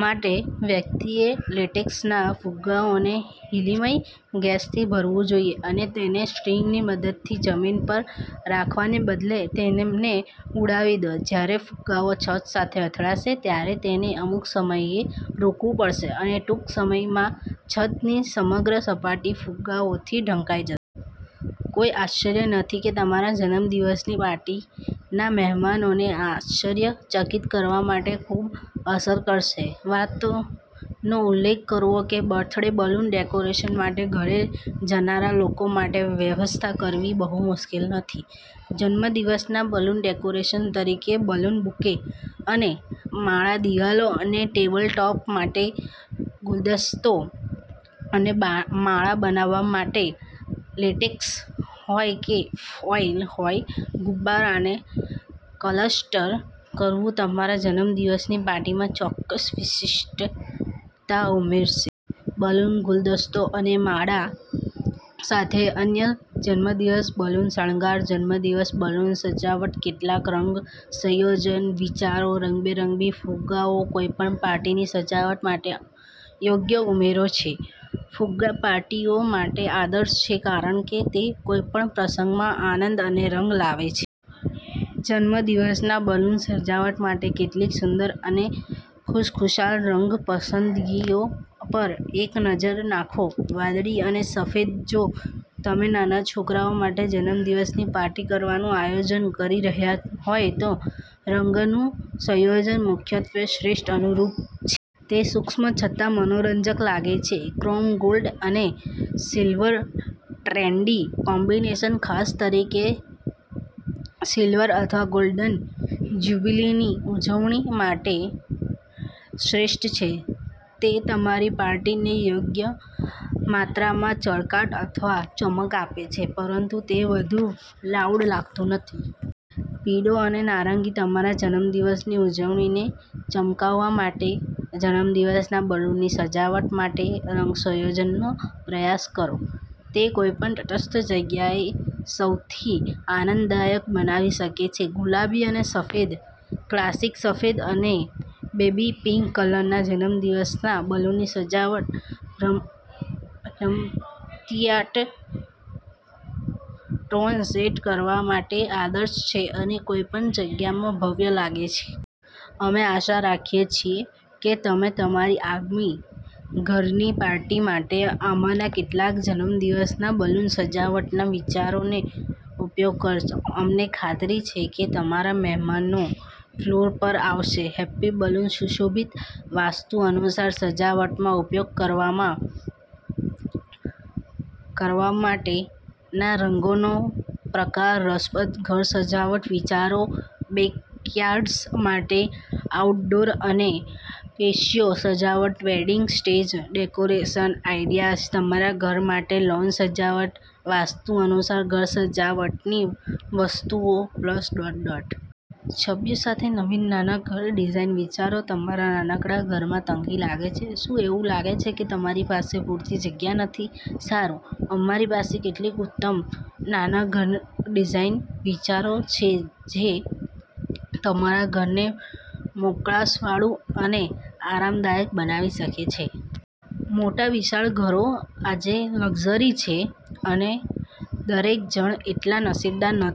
માટે, વ્યક્તિએ લેટેક્સના ફુગ્ગાઓને હિલીમય ગેસથી ભરવું જોઈએ અને, તેને સ્ટ્રિંગની મદદથી જમીન પર રાખવાને બદલે, તેમને ઉડવા દો. જ્યારે ફુગ્ગાઓ છત સાથે અથડાશે ત્યારે તેને અમુક સમયે રોકવું પડશે અને ટૂંક સમયમાંછતની સમગ્ર સપાટી ફુગ્ગાઓથી ઢંકાઈ જશે. કોઈ આશ્ચર્ય નથી કેતમારા જન્મદિવસની પાર્ટીના મહેમાનોને આશ્ચર્યચકિત કરવા માટે ખૂબ અસર કરશે. વાતનો ઉલ્લેખકરવો કે બર્થડે બલૂન ડેકોરેશન માટે ઘરે જનારા લોકો માટેવ્યવસ્થા કરવી બહુ મુશ્કેલ નથી. જન્મદિવસના બલૂન ડેકોરેશન તરીકે બલૂન બુકે અને માળા દીવાલો અને ટેબલ ટોપ માટે ગુલદસ્તો અને માળા બનાવવા માટે, લેટેક્સ હોય કે ફોઈલ હોય, ગુબ્બારાને ક્લસ્ટર કરવું તમારા જન્મદિવસની પાર્ટીમાં ચોક્કસ વિશિષ્ટતા ઉમેરશે. બલૂન ગુલદસ્તો અને માળા સાથે અનન્ય જન્મદિવસ બલૂન શણગાર જન્મદિવસ બલૂન સજાવટકેટલાક રંગ સંયોજન વિચારો રંગબેરંગી ફુગ્ગાઓ કોઈપણ પાર્ટીની સજાવટ માટે યોગ્ય ઉમેરો છે, ફુગ્ગા પાર્ટીઓ માટે આદર્શ છે કારણ કે તે કોઈપણ પ્રસંગમાં આનંદ અને રંગ લાવે છે. જન્મદિવસના બલૂન સજાવટ માટે કેટલીક સુંદર અને ખુશખુશાલ રંગ પસંદગીઓ પર એક નજર નાખો. વાદળી અને સફેદજો તમે નાના છોકરા માટે જન્મદિવસની પાર્ટી કરવાનું આયોજન કરી રહ્યા હોવ તો રંગોનુંસંયોજન મુખ્યત્વે શ્રેષ્ઠ અનુરૂપ છે. તે સૂક્ષ્મ છતાં મનોરંજક લાગે છે. ક્રોમ ગોલ્ડ અને સિલ્વરઆ ટ્રેન્ડી કોમ્બિનેશન ખાસ કરીને સિલ્વર અથવા ગોલ્ડન જ્યુબિલીની ઉજવણી માટે શ્રેષ્ઠ છે. તે તમારી પાર્ટીને યોગ્ય માત્રામાં ચળકાટ અથવા ચમક આપે છે પરંતુ તે વધુ લાઉડ લાગતું નથી. પીળો અને નારંગીતમારા જન્મદિવસની ઉજવણીને ચમકાવવા માટે, જન્મદિવસના બલૂનની સજાવટ માટેરંગ સંયોજનનો પ્રયાસ કરો. તે કોઈપણ તટસ્થ જગ્યાને સૌથી આનંદદાયક બનાવી શકે છે. ગુલાબી અને સફેદઆ ક્લાસિક સફેદ અને બેબી પિંક કલરના જન્મદિવસના બલૂનની સજાવટ રમતિયાળ ટોન સેટ કરવા માટે આદર્શ છે અને કોઈપણ જગ્યામાં ભવ્ય લાગે છે. અમે આશા રાખીએ છીએ કે તમે તમારી આગામી ઘરની પાર્ટી માટે આમાંના કેટલાક જન્મદિવસના બલૂન સજાવટના વિચારોનો ઉપયોગ કરશો. અમને ખાતરી છે કે તમારા મહેમાનો ફ્લોર પર આવશે. હેપી બલૂન સુશોભિત! વાસ્તુ અનુસાર સજાવટમાં ઉપયોગ કરવા માટેના રંગોના પ્રકાર રસપ્રદ ઘર સજાવટ વિચારો બેકયાર્ડ્સ માટે આઉટડોર અને પેશિયો સજાવટ વેડિંગ સ્ટેજ ડેકોરેશન આઈડિયાઝ તમારા ઘર માટે લૉન સજાવટ વાસ્તુ અનુસાર ઘર સજાવટની વસ્તુઓ+.. છબીઓ સાથે નવીન નાના ઘર ડિઝાઇન વિચારો તમારા નાનકડા ઘરમાં તંગી લાગે છે? શું એવું લાગે છે કે તમારી પાસે પૂરતી જગ્યા નથી? સારું, અમારી પાસે કેટલાક ઉત્તમ નાના ઘર ડિઝાઇન વિચારો છે જે તમારા ઘરને મોકળાશવાળું અને આરામદાયક બનાવી શકે છે. મોટા, વિશાળ ઘરો આજે લક્ઝરી છે અને દરેક જણ એટલા નસીબદાર નથી કે